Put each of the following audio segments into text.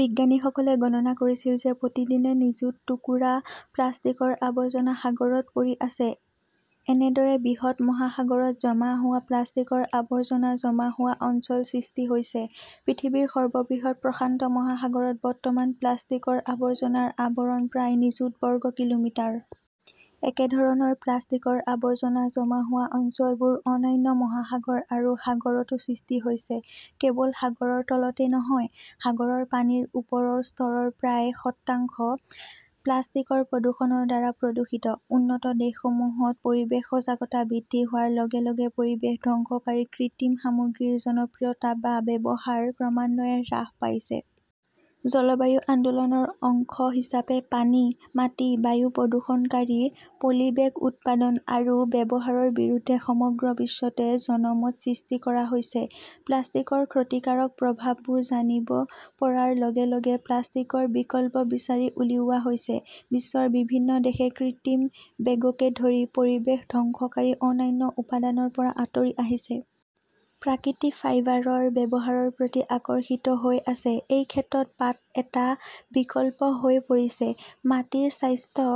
বিজ্ঞানীসকলে গণনা কৰিছিল যে প্ৰতিদিনে নিযুত টুকুৰা প্লাষ্টিকৰ আৱৰ্জনা সাগৰত পৰি আছে। এনেদৰে বৃহৎ মহাসাগৰত জমা হোৱা প্লাষ্টিকৰ আৱৰ্জনা জমা হোৱা অঞ্চল সৃষ্টি হৈছে। পৃথিৱীৰ সৰ্ববৃহৎ প্ৰশান্ত মহাসাগৰত বৰ্তমান প্লাষ্টিকৰ আৱৰ্জনাৰ আৱৰণ প্ৰায় নিযুত বৰ্গ কিলোমিটাৰ। একেধৰণৰ প্লাষ্টিকৰ আৱৰ্জনা জমা হোৱা অঞ্চলবোৰ অন্যান্য মহাসাগৰ আৰু সাগৰতো সৃষ্টি হৈছে। কেৱল সাগৰৰ তলতে নহয়, সাগৰৰ পানীৰ ওপৰৰ স্তৰৰ প্ৰায় শতাংশ প্লাষ্টিকৰ প্ৰদূষণৰ দ্বাৰা প্ৰদূষিত। উন্নত দেশসমূহত পৰিৱেশ সজাগতা বৃদ্ধি হোৱাৰ লগে লগে পৰিৱেশ ধ্বংসকাৰী কৃত্ৰিম সামগ্ৰীৰ জনপ্ৰিয়তা বা ব্যৱহাৰ ক্ৰমান্বয়ে হ্ৰাস পাইছে। জলবায়ু আন্দোলনৰ অংশ হিচাপে পানী, মাটি, বায়ু প্ৰদূষণকাৰী পলিবেগ উৎপাদন আৰু ব্যৱহাৰৰ বিৰুদ্ধে সমগ্ৰ বিশ্বতে জনমত সৃষ্টি কৰা হৈছে। প্লাষ্টিকৰ ক্ষতিকাৰক প্ৰভাৱবোৰ জানিব পৰাৰ লগে লগে প্লাষ্টিকৰ বিকল্প বিচাৰি উলিওৱা হৈছে। বিশ্বৰ বিভিন্ন দেশে কৃত্ৰিম বেগকে ধৰি পৰিৱেশ ধ্বংসকাৰী অন্যান্য উপাদানৰ পৰা আঁতৰি আহিছে। প্ৰাকৃতিক ফাইবাৰৰ ব্যৱহাৰৰ প্ৰতি আকৰ্ষিত হৈ আছে। এই ক্ষেত্ৰত পাট এটা বিকল্প হৈ পৰিছে। মাটিৰ স্বাস্থ্য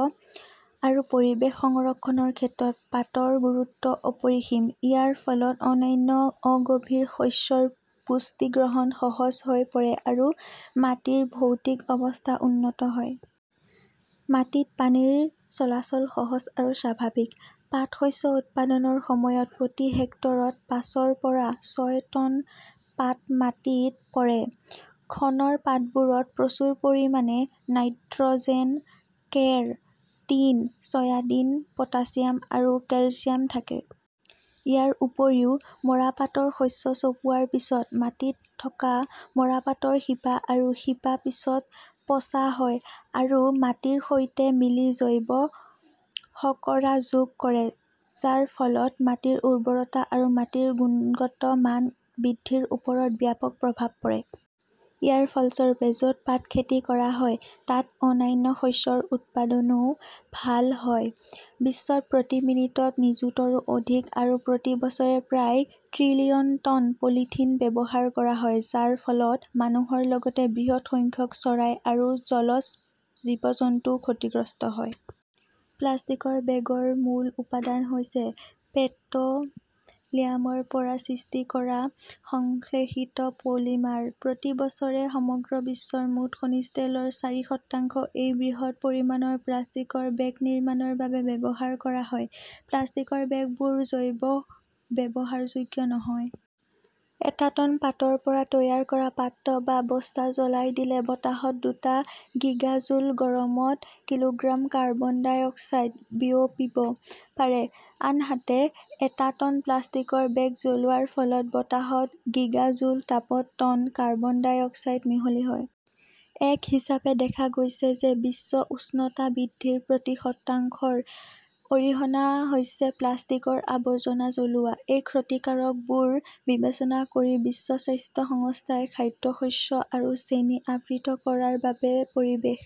আৰু পৰিৱেশ সংৰক্ষণৰ ক্ষেত্ৰত পাটৰ গুৰুত্ব অপৰিসীম। ইয়াৰ ফলত অন্যান্য অগভীৰ শস্যৰ পুষ্টি গ্ৰহণ সহজ হৈ পৰে আৰু মাটিৰ ভৌতিক অৱস্থা উন্নত হয়। মাটিত পানীৰ চলাচল সহজ আৰু স্বাভাৱিক। পাট শস্য উৎপাদনৰ সময়ত প্ৰতি হেক্টৰত পাঁচৰ পৰা ছয় টন পাট মাটিত পৰে। শণৰ পাতবোৰত প্ৰচুৰ পৰিমাণে "nitrogen, keratin, "sodium, potassium আৰু কেলচিয়াম থাকে। ইয়াৰ উপৰিও, মৰাপাটৰ শস্য চপোৱাৰ পিছত মাটিত থকা মৰাপাটৰ শিপা আৰু শিপা পিছত পচা হয় আৰু মাটিৰ সৈতে মিলি জৈৱ-শৰ্কৰা যোগ কৰে, যাৰ ফলত মাটিৰ উৰ্বৰতা আৰু মাটিৰ গুণগত মান বৃদ্ধিৰ ওপৰত ব্যাপক প্ৰভাৱ পৰে। ইয়াৰ ফলস্বৰূপে, য 'ত পাট খেতি কৰা হয়, তাত অন্যান্য শস্যৰ উৎপাদনও ভাল হয়। বিশ্বত প্ৰতি মিনিটত নিযুতৰো অধিক আৰু প্ৰতি বছৰে প্ৰায় ত্ৰিলিয়ন টন পলিথিন ব্যৱহাৰ কৰা হয়, যাৰ ফলত মানুহৰ লগতে বৃহৎ সংখ্যক চৰাই আৰু জলজ জীৱ-জন্তুও ক্ষতিগ্ৰস্ত হয়। প্লাষ্টিকৰ বেগৰ মূল উপাদান হৈছে পেট্ৰ "লিয়ামৰ পৰা সৃষ্টি কৰা সংশ্লেষিত পলিমাৰ। প্ৰতি বছৰে সমগ্ৰ বিশ্বৰ মুঠ খনিজ তেলৰ চাৰি শতাংশ এই বৃহৎ পৰিমাণৰ প্লাষ্টিকৰ বেগ নিৰ্মাণৰ বাবে ব্যৱহাৰ কৰা হয়। প্লাষ্টিকৰ বেগবোৰ জৈৱ-ব্যৱহাৰযোগ্য নহয়। এটা টন পাটৰ পৰা তৈয়াৰ কৰা পাত্ৰ বা বস্তা জ্বলাই দিলে বতাহত দুটা গিগা জুল গৰমত কিলোগ্ৰাম কাৰ্বন ডাই অক্সাইড বিয়পিব পাৰে। আনহাতে, এটা টন প্লাষ্টিকৰ বেগ জ্বলোৱাৰ ফলত বতাহত গিগা জুল তাপত টন কাৰ্বন ডাই অক্সাইড মিহলি হয়। এক হিচাপে দেখা গৈছে যে বিশ্ব উষ্ণতা বৃদ্ধিৰ প্ৰতি শতাংশৰ অৰিহণা হৈছে প্লাষ্টিকৰ আৱৰ্জনা জ্বলোৱা। এই ক্ষতিকাৰকবোৰ বিবেচনা কৰি বিশ্ব স্বাস্থ্য সংস্থাই খাদ্যশস্য আৰু চেনি আবৃত কৰাৰ বাবে পৰিৱেশ